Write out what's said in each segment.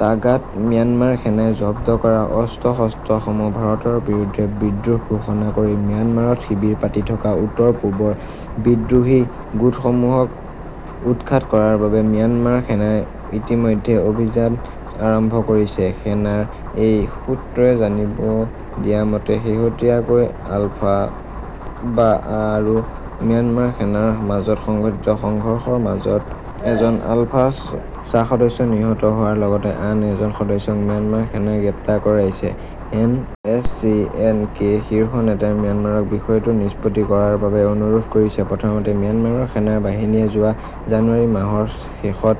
টাগাত Myanmar সেনাই জব্দ কৰা অস্ত্ৰ-শস্ত্ৰসমূহ ভাৰতৰ বিৰুদ্ধে বিদ্ৰোহ ঘোষণা কৰি ম্যানমাৰত শিবিৰ পাতি থকা উত্তৰ-পূবৰ বিদ্ৰোহী গোটসমূহক উৎখাত কৰাৰ বাবে ম্যানমাৰ সেনাই ইতিমধ্যে অভিযান আৰম্ভ কৰিছে। সেনাৰ এক সূত্ৰই জানিব দিয়া মতে শেহতীয়াকৈ আলফাস্বা আৰু ম্যানমাৰ সেনাৰ মাজত সংঘটিত সংঘৰ্ষৰ ফলত এজন আলফা স্বাসদস্য নিহত হোৱাৰ লগতে আন এজন সদস্যক ম্যানমাৰ সেনাই গ্ৰেপ্তাৰ কৰিছে। N S C N K শীৰ্ষ নেতাই ম্যানমাৰক বিষয়টো নিষ্পত্তি কৰাৰ বাবে অনুৰোধ কৰিছে। প্ৰথমতে ম্যানমাৰৰ সেনা বাহিনীয়ে যোৱা জানুৱাৰি মাহৰ শেষত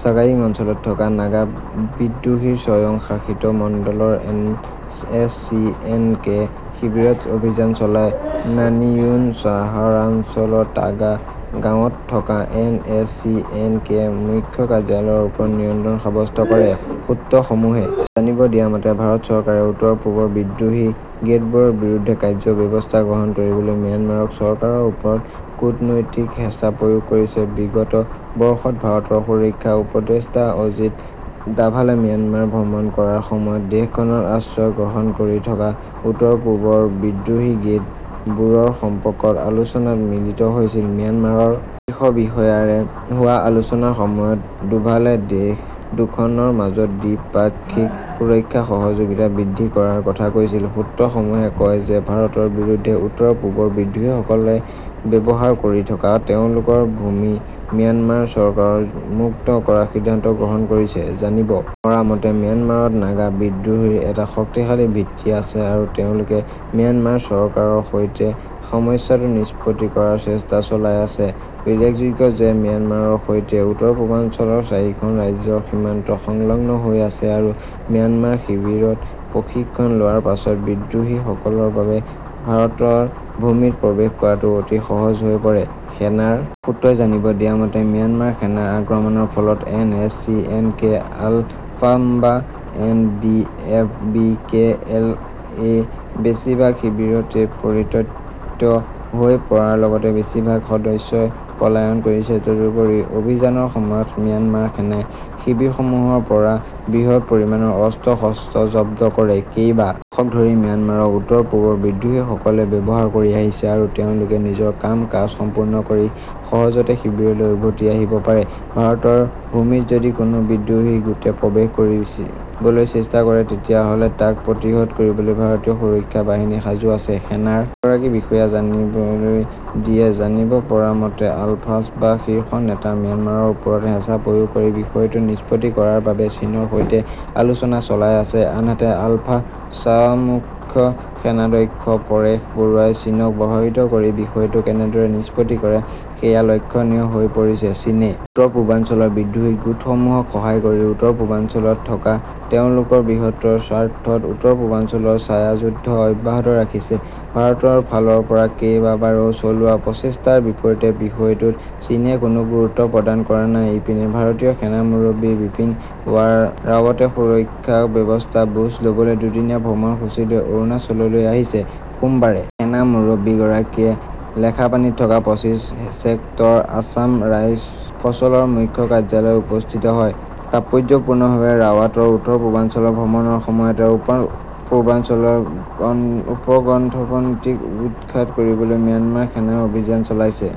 ছাগায়িং অঞ্চলত থকা নাগা বিদ্ৰোহীৰ স্বয়ং শাসিত মণ্ডলৰ N S C N K শিৱিৰত অভিযান চলাই নানিয়ুন চহৰাঞ্চলৰ টাগা গাঁৱত থকা N S C N K মুখ্য কাৰ্যালয়ৰ ওপৰত নিয়ন্ত্ৰণ সাৱ্যস্ত কৰে। সূত্ৰসমূহে জানিব দিয়া মতে ভাৰত চৰকাৰে উত্তৰ-পূবৰ বিদ্ৰোহী গোটবোৰৰ বিৰুদ্ধে কাৰ্য ব্যৱস্থা গ্ৰহণ কৰিবলৈ ম্যানমাৰ চৰকাৰৰ ওপৰত কূটনৈতিক হেচা প্ৰয়োগ কৰিছে। বিগত বৰ্ষত ভাৰতৰ সুৰক্ষা উপদেষ্টা অজিত ডাভালে ম্যানমাৰ ভ্ৰমণ কৰাৰ সময়ত দেশখনত আশ্ৰয় গ্ৰহণ কৰি থকা উত্তৰ-পূবৰ বিদ্ৰোহী গোটবোৰৰ সম্পৰ্কত আলোচনাত মিলিত হৈছিল। ম্যানমাৰৰ শীৰ্ষ বিষয়াৰে হোৱা আলোচনাৰ সময়ত ডোভালে দেশ দুখনৰ মাজত দ্বি-পাক্ষিক সুৰক্ষা সহযোগিতা বৃদ্ধি কৰাৰ কথা কৈছিল। সূত্ৰসমূহে কয় যে ভাৰতৰ বিৰুদ্ধে উত্তৰ-পূবৰ বিদ্ৰোহীসকলে ব্যৱহাৰ কৰি থকা তেওঁলোকৰ ভূমি ম্যানমাৰ চৰকাৰে মুক্ত কৰাৰ সিদ্ধান্ত গ্ৰহণ কৰিছে। জানিব পৰা মতে ম্যানমাৰত নাগা বিদ্ৰোহীৰ এটা শক্তিশালী ভিত্তি আছে আৰু তেওঁলোকে ম্যানমাৰ চৰকাৰৰ সৈতে সমস্যাটো নিষ্পত্তি কৰাৰ চেষ্টা চলাই আছে। উল্লেখযোগ্য যে ম্যানমাৰৰ সৈতে উত্তৰ-পূৰ্বাঞ্চলৰ চাৰিখন ৰাজ্যৰ সীমান্ত সংলগ্ন হৈ আছে আৰু ম্যানমাৰ শিৱিৰত প্ৰশিক্ষণ লোৱাৰ পাছত বিদ্ৰোহীসকলৰ বাবে ভাৰতৰ ভূমিত প্ৰৱেশ কৰাটো অতি সহজ হৈ পৰে। সেনাৰ সূত্ৰই জানিব দিয়া মতে ম্যানমাৰ সেনাৰ আক্ৰমণৰ ফলত N S C N K আলফাস্বা N D F B K L O বেছিভাগ শিৱিৰেই পৰিত্যক্ত হৈ পৰাৰ লগতে বেছিভাগ সদস্যই পলায়ন কৰিছে। তদুপৰি অভিযানৰ সময়ত ম্যানমাৰ সেনাই শিৱিৰসমূহৰ পৰা বৃহৎ পৰিমানৰ অস্ত্ৰ-শস্ত্ৰ জব্দ কৰে। কেইবা দশক ধৰি ম্যানমাৰক উত্তৰ-পূবৰ বিদ্ৰোহীসকলে ব্যৱহাৰ কৰি আহিছে আৰু তেওঁলোকে নিজৰ কাম-কাজ সম্পূৰ্ণ কৰি সহজতে শিৱিৰলৈ উভতি আহিব পাৰে। ভাৰতৰ ভূমিত যদি কোনো বিদ্ৰোহী গোটে প্ৰৱেশ কৰিবলৈ চেষ্টা কৰে তেতিয়াহলে তাক প্ৰতিহত কৰিবলৈ ভাৰতীয় সুৰক্ষা বাহিনী সাজু আছে। সেনাৰ এগৰাকী বিষয়াই জানিবলৈ দিয়ে। জানিব পৰা মতে আলফাস্বা শীৰ্ষ নেতাই ম্যানমাৰৰ ওপৰত হেচা প্ৰয়োগ কৰি বিষয়টো নিষ্পত্তি কৰাৰ বাবে চীনৰ সৈতে আলোচনা চলাই আছে। আনহাতে আলফা স্বামুখ্য সেনাধ্যক্ষ পৰেশ বৰুৱাই চীনক প্ৰভাৱিত কৰি বিষয়টো কেনেদৰে নিষ্পত্তি কৰে সেয়া লক্ষণীয় হৈ পৰিছে। চীনে উত্তৰ-পূৰ্বাঞ্চলৰ বিদ্ৰোহী গোটসমূহক সহায় কৰি উত্তৰ-পূৰ্বাঞ্চলত থকা তেওঁলোকৰ বৃহত্তৰ স্বাৰ্থত উত্তৰ-পূৰ্বাঞ্চলত ছায়াযুদ্ধ অব্যাহত ৰাখিছে। ভাৰতৰ ফালৰ পৰা কেইবাবাৰো চলোৱা প্ৰচেষ্টাৰ বিপৰীতে বিষয়টোত চীনে কোনো গুৰুত্ব প্ৰদান কৰা নাই। ইপিনে ভাৰতীয় সেনা মুৰব্বী বিপিন ৰাৱটে সুৰক্ষা ব্যৱস্থাৰ বুজ লবলৈ দুদিনীয়া ভ্ৰমণসূচীলৈ অৰুণাচললৈ আহিছে। সোমবাৰে সেনা মুৰব্বী গৰাকীয়ে লেখাপানীত থকা পঁচিশ ছেক্টৰ আছাম ৰাইফলছৰ মুখ্য কাৰ্যালয়ত উপস্থিত হয়। তাৎপৰ্যপূৰ্ণভাৱে ৰাৱাটৰ উত্তৰ-পূৰ্বাঞ্চলত ভ্ৰমণৰ সময়তে উত্তৰ-পূৰ্বাঞ্চলৰ উগ্ৰপন্থীক উৎখাত কৰিবলৈ ম্যানমাৰ সেনাই অভিযান চলাইছে।